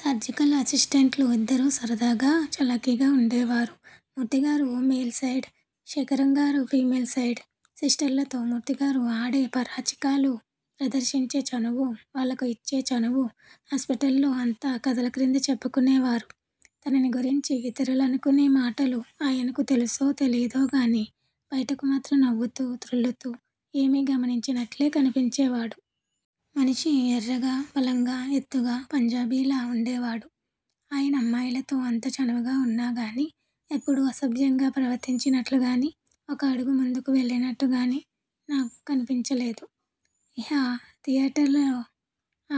Surgical అసిస్టెంట్లు ఇద్దరూ సరదాగా, చలాకీగా వుండేవారు మూర్తి గారు మేల్ సైడ్, శేఖరం గారు ఫిమేల్ సైడ్. సిస్టర్లతో మూర్తి గారు ఆడే పరాచికాలు, ప్రదర్శించే చనువు, వాళ్ళకు యిచ్చే చనువూ హాస్పిటల్లో అంతా కథల క్రింద చెప్పుకునేవారు. తనని గురించి ఇతరులనుకునే మాటలు ఆయనకు తెలుసో తెలియదో గాని, బయటకు మాత్రం నవ్వుతూ, తృళ్ళుతూ ఏమీ గమనించనట్లే కనిపించేవాడు. మనిషి ఎర్రగా, బలంగా, ఎత్తుగా పంజాబీలా వుండేవాడు. ఆయన అమ్మాయిలతో అంత చనువుగా వున్నాగానీ ఎప్పుడూ అసభ్యంగా ప్రవర్తించినట్లుగాని, ఒక అడుగు ముందుకు వెళ్ళినట్టుగాని నా కనిపించలేదు. ఇహ థియేటర్ లో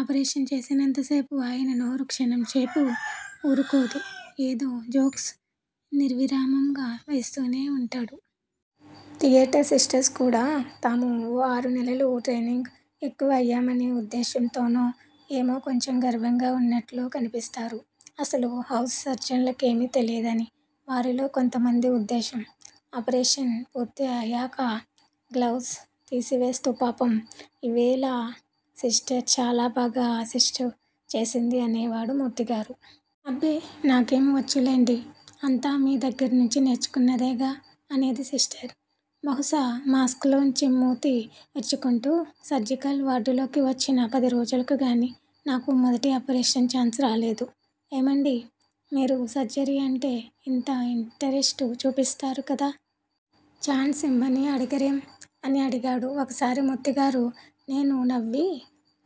ఆపరేషన్ చేసినంత సేపూ ఆయన నోరు క్షణం సేపు వూరుకోదు. ఏదో జోక్స్ నిర్విరామంగా వేస్తూనే వుంటాడు. థియేటర్ సిస్టర్స్ కూడా, తాము ఓ ఆరు నెలలు ట్రెయినింగ్ ఎక్కువ అయ్యామనే వుద్దేశ్యం తోనో ఏమో కొంచెం గర్వంగా వున్నట్లు కనిపిస్తారు. అసలు హౌస్ సర్జన్ల కేమీ తెలియదని వారిలో కొంత మంది ఉద్దేశం. ఆపరేషన్ పూర్తి అయాక గ్లవ్స్ తీసివేస్తూ పాపం! ఇవేళ సిస్టర్ చాలా బాగా అసిస్టు చేసింది అనేవాడు మూర్తిగారు. అబ్బే! నాకేం వచ్చులెండి. అంతా మీ దగ్గర్నుంచి నేర్చుకున్నదేగా అనేది సిస్టర్ బహుశా మాస్క్ లోంచి మూతి విరుచుకుంటూ. సర్జికల్ వార్డులోకి వచ్చిన పది రోజులకు గాని నాకు మొదటి ఆపరేషన్ ఛాన్స్ రాలేదు. ఏమండీ! మీరు సర్జరీ అంటే ఇంత ఇంటరెస్టు చూపిస్తారు కదా! ఛాన్స్ ఇమ్మని అడగరేం? అని అడిగాడు ఒకసారి మూర్తిగారు. నేను నవ్వి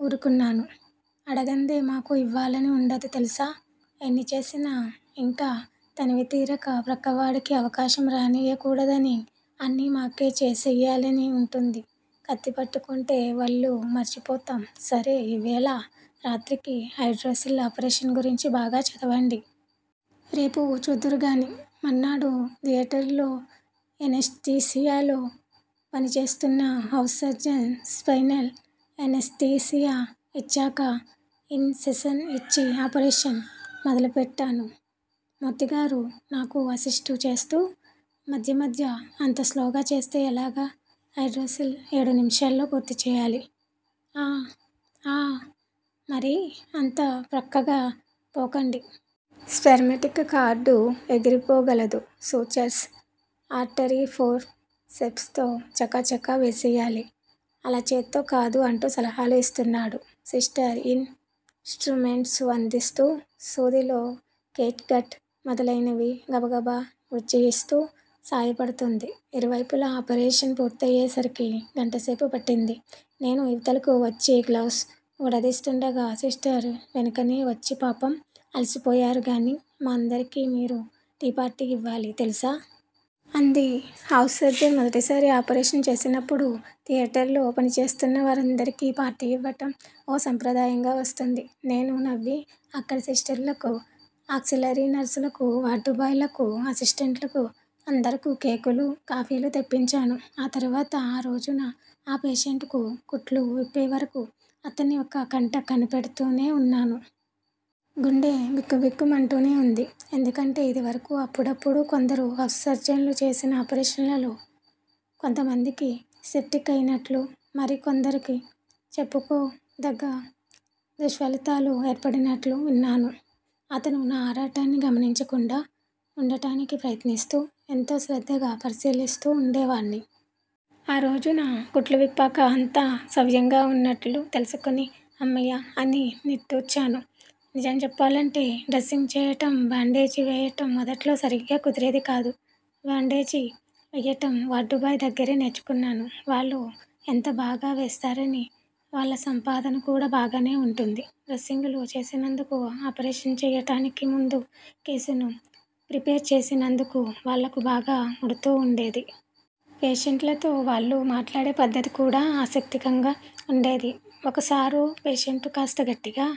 ఊరుకున్నాను. అడగందే మాకు ఇవ్వాలని వుండదు తెలుసా? ఎన్ని చేసినా, ఇంకా తనివి తీరక ప్రక్కవాడికి అవకాశం రానీయకూడదనీ, అన్నీ మాకే చేసెయ్యాలనీ వుంటుంది. కత్తి పట్టుకుంటే వళ్ళు మరిచిపోతాం సరే ఇవేళ రాత్రికి హైడ్రోసిల్ ఆపరేషన్ గురించి బాగా చదవండి. రేపు చూద్దురుగాని. మర్నాడు థియేటరులో ఎనస్థీషియాలో పనిచేస్తూన్న హౌస్ సర్జన్ స్పైనల్ ఎనస్థీషియా ఇచ్చాక, ఇన్ సిషన్ యిచ్చి ఆపరేషన్ మొదలుపెట్టాను. మూర్తిగారు నాకు అసిస్టు చేస్తూ మధ్య మధ్య అంత స్లోగా చేస్తే ఎలాగ? హైడ్రోసిల్ ఏడు నిమిషాల్లో పూర్తి చేయాలి ఆఁ ఆఁ, మరీ అంత ప్రక్కగా పోకండి. స్పెర్మటిక్ కార్డు ఎగిరిపోగలదు సూచర్స్ ఆర్టరీఫోర్ సెప్స్ తో చకచకా వేసెయ్యాలి. అలా చేత్తో కాదు అంటూ సలహాలు యిస్తున్నాడు. సిస్టర్ ఇన్ స్ట్రుమెంట్సుఅందిస్తూ సూదిలో కేట్ గట్ మొదలైనవి, గబగబ గ్రుచ్చియిస్తూ సాయపడుతోంది. ఇరువైపులా ఆపరేషన్ పూర్తయేసరికి గంటసేపు పట్టింది. నేను ఇవతలకు వచ్చి గ్లవ్స్ వూడదీస్తుండగా సిస్టర్ వెనుకనే వచ్చి పాపం అలిసిపోయారు గాని, మా అందరికీ మీరు టీపార్టీ యివ్వాలి తెలుసా? అంది. హౌస్ సర్జన్ మొదటిసారి ఆపరేషన్ చేసినప్పుడు థియేటర్ లో పని చేస్తూన్న వారందరికి పార్టీ యివ్వటం ఓ సంప్రదాయంగా వస్తోంది. నేను నవ్వి అక్కడి సిస్టర్లకూ, ఆక్సిలరీ నర్సులకూ, వార్డు బాయ్ లకూ, అసిస్టెంట్లకూ అందరకూ కేకులూ, కాఫీలు తెప్పించాను. ఆ తర్వాత, ఆ రోజున ఆ పేషెంటుకు కుట్లు విప్పే వరకూ అతన్ని ఒక కంట కనిపెడుతూనే వున్నాను. గుండె బిక్కు బిక్కు మంటూనే వుంది. ఎందుకంటే ఇదివరకు అప్పుడప్పుడూ కొందరు హౌస్ సర్జన్లు చేసిన ఆపరేషన్లలో, కొంతమందికి సెప్టిక్ అయినట్లూ, మరి కొందరికి చెప్పుకో దగ్గ దుష్పలితాలు ఏర్పడినట్లూ విన్నాను. అతను నా ఆరాటాన్ని గమనించకుండా వుండటానికి ప్రయత్నిస్తూ, ఎంతో శ్రద్దగా, పరిశీలిస్తూ వుండేవాణ్ని. ఆ రోజున కుట్లు విప్పాక, అంతా సవ్యంగా వున్నట్లు తెలుసుకుని 'హమ్మయ్య' అని నిట్టూర్చాను. నిజం చెప్పాలంటే డ్రెసింగ్ చేయటం, బాండేజి వేయటం మొదట్లో సరిగ్గా కుదిరేదికాదు. బాండేజి వెయ్యటం వార్డుబాయ్ దగ్గరే నేర్చుకున్నాను. వాళ్ళు ఎంత బాగావేస్తారని! వాళ్ళ సంపాదన కూడా బాగానే వుంటుంది. డ్రెసింగులు చేసినందుకూ, ఆపరేషన్ చెయ్యటానికి ముందు కేసును ప్రిపేర్ చేసినందుకూ, వాళ్ళకు బాగా ముడుతూ వుండేది. పేషెంట్లతో వాళ్ళు మాట్లాడే పద్ధతి కూడా ఆసక్తికంగా వుండేది. ఒకసారో పేషెంటు కాస్త గట్టిగా